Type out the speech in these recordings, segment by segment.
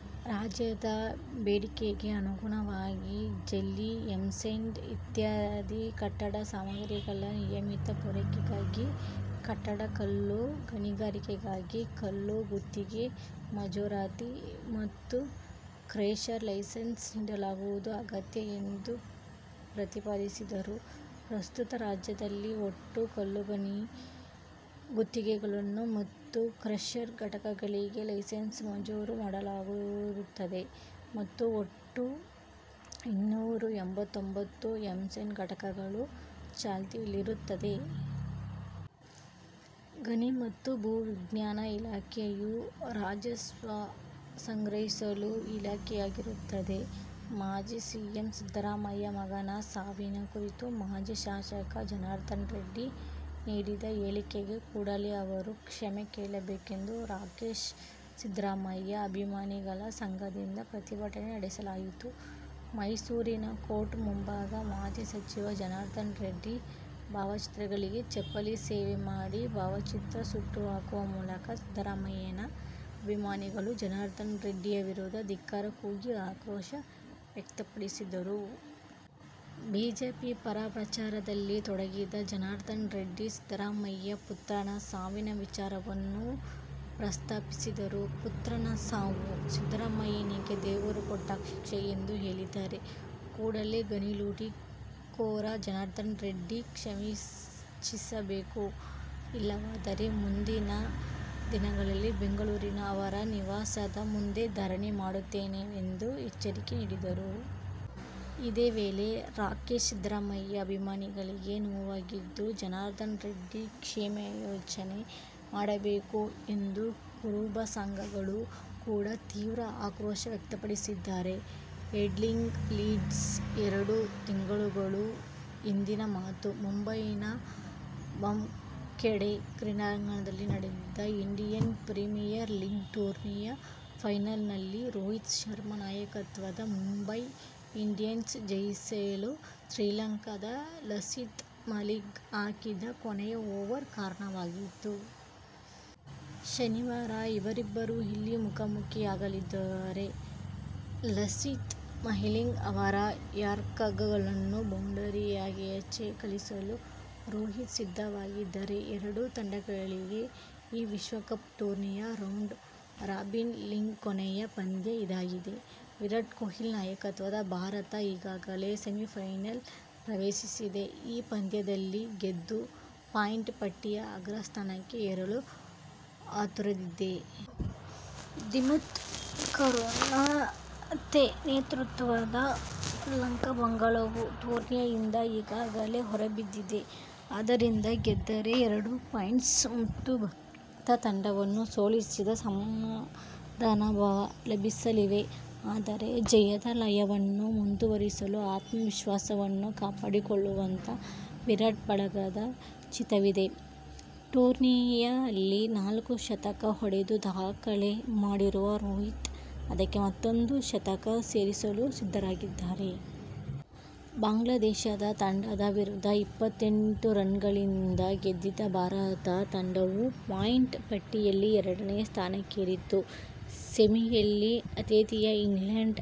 . ರಾಜ್ಯದ ಬೇಡಿಕೆಗೆ ಅನುಗುಣವಾಗಿ ಜಲ್ಲಿ, ಎಂ-ಸ್ಯಾಂಡ್ ಇತ್ಯಾದಿ ಕಟ್ಟಡ ಸಾಮಾಗ್ರಿಗಳ ನಿಯಮಿತ ಪೂರೈಕೆಗಾಗಿ ಕಟ್ಟಡ ಕಲ್ಲು ಗಣಿಗಾರಿಕೆಗಾಗಿ ಕಲ್ಲು ಗುತ್ತಿಗೆ ಮಂಜುರಾತಿ ಮತ್ತು ಕ್ರಷರ್ ಲೈಸೆನ್ಸ್ ನೀಡುವುದು ಅಗತ್ಯ ಎಂದು ಪ್ರತಿಪಾದಿಸಿದರು. ಪ್ರಸ್ತುತ ರಾಜ್ಯದಲ್ಲಿ ಒಟ್ಟು ಕಲ್ಲುಗಣಿ ಗುತ್ತಿಗೆಗಳನ್ನು ಮತ್ತು ಕ್ರಷರ್ ಘಟಕಗಳಿಗೆ ಲೈಸೆನ್ಸ್ ಮಂಜೂರು ಮಾಡಲಾಗಿರುತ್ತದೆ ಮತ್ತು ಒಟ್ಟು ಇನ್ನೂರ ಎಂಬತ್ತೊಂಬತ್ತು ಎಂ-ಸ್ಯಾಂಡ್ ಘಟಕಗಳು ಚಾಲ್ತಿಯಲ್ಲಿರುತ್ತದೆ. ಗಣಿ ಮತ್ತು ಭೂವಿಜ್ಞಾನ ಇಲಾಖೆಯು ರಾಜಸ್ವ ಸಂಗ್ರಹಿಸುವ ಇಲಾಖೆಯಾಗಿರುತ್ತದೆ. ಮಾಜಿ ಸಿಎಂ ಸಿದ್ದರಾಮಯ್ಯ ಮಗನ ಸಾವಿನ ಕುರಿತು ಮಾಜಿ ಶಾಸಕ ಜನಾರ್ದನ ರೆಡ್ಡಿ ನೀಡಿದ ಹೇಳಿಕೆಗೆ ಕೂಡಲೇ ಅವರು ಕ್ಷಮೇ ಕೇಳಬೇಕೆಂದು ರಾಕೇಶ್ ಸಿದ್ದರಾಮಯ್ಯ ಅಭಿಮಾನಿಗಳ ಸಂಘದಿಂದ ಪ್ರತಿಭಟನೆ ನಡೆಸಲಾಯಿತು. ಮೈಸೂರಿನ ಕೋರ್ಟ್ ಮುಂಭಾಗ ಮಾಜಿ ಸಚಿವ ಜನಾರ್ದನ ರೆಡ್ಡಿ ಭಾವಚಿತ್ರಗಳಿಗೆ ಚೆಪ್ಪಲಿ ಸೇವೆ ಮಾಡಿ ಭಾವಚಿತ್ರ ಸುಟ್ಟುಹಾಕುವ ಮೂಲಕ ಸಿದ್ದರಾಮಯ್ಯ ಅಭಿಮಾನಿಗಳು ಜನಾರ್ದನರೆಡ್ಡಿ ವಿರುದ್ಧ ಧಿಕ್ಕಾರ ಕೂಗಿ ಆಕ್ರೋಶ ವ್ಯಕ್ತಪಡಿಸಿದರು. ಬಿಜೆಪಿ ಪರ ಪ್ರಚಾರದಲ್ಲಿ ತೊಡಗಿದ್ದ ಜನಾರ್ದನ ರೆಡ್ಡಿ ಸಿದ್ದರಾಮಯ್ಯ ಪುತ್ರನ ಸಾವಿನ ವಿಚಾರವನ್ನು ಪ್ರಸ್ತಾಪಿಸಿದ್ದರು. ಪುತ್ರನ ಸಾವು, ಸಿದ್ದರಾಮಯ್ಯಗೆ ದೇವರು ಕೊಟ್ಟ ಶಿಕ್ಷೆ ಎಂದು ಹೇಳಿದ್ದಾರೆ. ಕೂಡಲೇ ಗಣಿ ಲೂಟಿ ಕೋರ ಜನಾರ್ಧನರೆಡ್ಡಿ ಕ್ಷಮೆಯಾಚಿಸಬೇಕು. ಇಲ್ಲವಾದರೆ ಮುಂದಿನ ದಿನಗಳಲ್ಲಿ ಬೆಂಗಳೂರಿನ ಅವರ ನಿವಾಸದ ಮುಂದೆ ಧರಣಿ ಮಾಡುತ್ತೇವೆಂದು ಎಚ್ಚರಿಕೆ ನೀಡಿದರು. ಇದೇ ವೇಳೆ ರಾಕೇಶ್ ಸಿದ್ದರಾಮಯ್ಯ ಅಭಿಮಾನಿಗಳಿಗೆ ನೋವಾಗಿದ್ದು ಜನರ್ದಾನ ರೆಡ್ಡಿ ಕ್ಷಮೇಯಾಚನೆ ಮಾಡಬೇಕು ಎಂದು ಕುರುಬ ಸಂಘಟನೆಗಳು ಕೂಡ ತೀವ್ರ ಆಕ್ರೋಶ ವ್ಯಕ್ತಪಡಿಸಿದ್ದಾರೆ. ಹೆಡಿಂಗ್ಲೆ, ಲೀಡ್ಸ್: ಎರಡು ತಿಂಗಳುಗಳ ಹಿಂದಿನ ಮಾತು. ಮುಂಬೈನ ವಾಂಖೆಡೆ ಕ್ರೀಡಾಂಗಣದಲ್ಲಿ ನಡೆದಿದ್ದ ಇಂಡಿಯನ್ ಪ್ರೀಮಿಯರ್ ಲೀಗ್ ಟೂರ್ನಿಯ ಫೈನಲ್ನಲ್ಲಿ ರೋಹಿತ್ ಶರ್ಮಾ ನಾಯಕತ್ವದ ಮುಂಬೈ ಇಂಡಿಯನ್ಸ್ ಜಯಿಸಲು ಶ್ರೀಲಂಕಾದ ಲಸಿತ್ ಮಾಲಿಂಗ ಹಾಕಿದ್ದ ಕೊನೆಯ ಓವರ್ ಕಾರಣವಾಗಿತ್ತು. ಶನಿವಾರ ಇವರಿಬ್ಬರೂ ಇಲ್ಲಿ ಮುಖಾಮುಖಿಯಾಗಲಿದ್ದಾರೆ. ಲಸಿತ್ ಮಾಲಿಂಗ ಅವರ ಯಾರ್ಕರ್ಗಳನ್ನು ಬೌಂಡರಿಗೆರೆಯಾಚೆ ಕಳಿಸಲು ರೋಹಿತ್ ಸಿದ್ಧವಾಗಿದ್ದಾರೆ. ಎರಡೂ ತಂಡಗಳಿಗೆ ಈ ವಿಶ್ವಕಪ್ ಟೂರ್ನಿಯ ರೌಂಡ್ ರಾಬಿನ್ ಲೀಗ್ನ ಕೊನೆಯ ಪಂದ್ಯ ಇದಾಗಿದೆ. ವಿರಾಟ್ ಕೊಹ್ಲಿ ನಾಯಕತ್ವದ ಭಾರತ ಈಗಾಗಲೇ ಸೆಮಿಫೈನಲ್ ಪ್ರವೇಶಿಸಿದೆ. ಈ ಪಂದ್ಯದಲ್ಲಿ ಗೆದ್ದು ಪಾಯಿಂಟ್ ಪಟ್ಟಿಯ ಅಗ್ರಸ್ಥಾನಕ್ಕೆ ಏರಲು ಹಾತೊರೆದಿದೆ. ದಿಮುತ್ ಕರುಣಾರತ್ನೆ ನೇತೃತ್ವದ ಲಂಕಾ ಬಳಗವು ಟೂರ್ನಿಯಿಂದ ಈಗಾಗಲೇ ಹೊರಬಿದ್ದಿದೆ. ಆದ್ದರಿಂದ ಗೆದ್ದರೆ ಎರಡು ಪಾಯಿಂಟ್ಸ್ ಮತ್ತು ಭಾರತ ತಂಡವನ್ನು ಸೋಲಿಸಿದ ಸಮಾಧಾನಭಾವ ಲಭಿಸಲಿವೆ. ಆದರೆ, ಜಯದ ಲಯವನ್ನು ಮುಂದುವರಿಸಿ ಆತ್ಮವಿಶ್ವಾಸವನ್ನು ಕಾಪಾಡಿಕೊಳ್ಳುವತ್ತ ವಿರಾಟ್ ಬಳಗದ ಚಿತ್ತವಿದೆ. ಟೂರ್ನಿಯಲ್ಲಿ ನಾಲ್ಕು ಶತಕ ಹೊಡೆದು ದಾಖಲೆ ಮಾಡಿರುವ ರೋಹಿತ್, ಅದಕ್ಕೆ ಮತ್ತೊಂದು ಶತಕ ಸೇರಿಸಲು ಸಿದ್ಧರಾಗಿದ್ದಾರೆ. ಬಾಂಗ್ಲಾದೇಶ ತಂಡದ ವಿರುದ್ಧ ಇಪ್ಪತ್ತೆಂಟು ರನ್ಗಳಿಂದ ಗೆದ್ದಿದ್ದ ಭಾರತ ತಂಡವು ಪಾಯಿಂಟ್ ಪಟ್ಟಿಯಲ್ಲಿ ಎರಡನೇ ಸ್ಥಾನಕ್ಕೇರಿತ್ತು. ಸೆಮಿಯಲ್ಲಿ ಆತಿಥೇಯ ಇಂಗ್ಲೆಂಡ್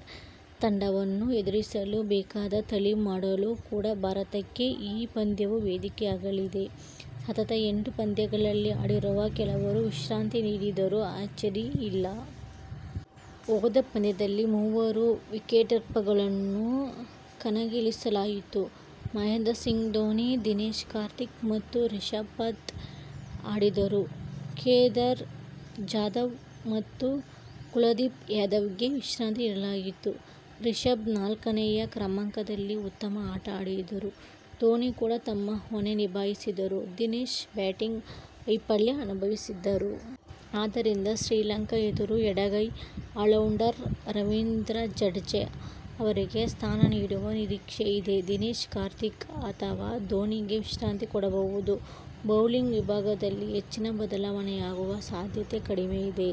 ತಂಡವನ್ನು ಎದುರಿಸಲು ಬೇಕಾದ ತಾಲೀಮು ಮಾಡಲು ಕೂಡ ಭಾರತಕ್ಕೆ ಈ ಪಂದ್ಯವು ವೇದಿಕೆಯಾಗಲಿದೆ. ಸತತ ಎಂಟು ಪಂದ್ಯಗಳಲ್ಲಿ ಆಡಿರುವ ಕೆಲವರಿಗೆ ವಿಶ್ರಾಂತಿ ನೀಡಿದರೂ ಅಚ್ಚರಿಯಿಲ್ಲ. ಹೋದ ಪಂದ್ಯದಲ್ಲಿ ಮೂವರು ವಿಕೆಟ್ಕೀಪರ್ಗಳನ್ನು ಕಣಕ್ಕಿಳಿಸಲಾಗಿತ್ತು. ಮಹೇಂದ್ರಸಿಂಗ್ ಧೋನಿ, ದಿನೇಶ್ ಕಾರ್ತಿಕ್ ಮತ್ತು ರಿಷಭ್ ಪಂತ್ ಆಡಿದ್ದರು. ಕೇದಾರ್ ಜಾಧವ್ ಮತ್ತು ಕುಲದೀಪ್ ಯಾದವ್ಗೆ ವಿಶ್ರಾಂತಿ ನೀಡಲಾಗಿತ್ತು. ರಿಷಭ್ ನಾಲ್ಕನೇ ಕ್ರಮಾಂಕದಲ್ಲಿ ಉತ್ತಮ ಆಟ ಆಡಿದ್ದರು. ಧೋನಿ ಕೂಡ ತಮ್ಮ ಹೊಣೆ ನಿಭಾಯಿಸಿದ್ದರು. ದಿನೇಶ್ ಬ್ಯಾಟಿಂಗ್ ವೈಫಲ್ಯ ಅನುಭವಿಸಿದ್ದರು. ಆದ್ದರಿಂದ ಶ್ರೀಲಂಕಾ ಎದುರು ಎಡಗೈ ಆಲ್ರೌಂಡರ್ ರವೀಂದ್ರ ಜಡೇಜ ಅವರಿಗೆ ಸ್ಥಾನ ನೀಡುವ ನಿರೀಕ್ಷೆ ಇದೆ. ದಿನೇಶ್ ಕಾರ್ತಿಕ್ ಅಥವಾ ಧೋನಿಗೆ ವಿಶ್ರಾಂತಿ ಕೊಡಬಹುದು. ಬೌಲಿಂಗ್ ವಿಭಾಗದಲ್ಲಿ ಹೆಚ್ಚಿನ ಬದಲಾವಣೆಗಳಾಗುವ ಸಾಧ್ಯತೆ ಕಡಿಮೆ ಇದೆ.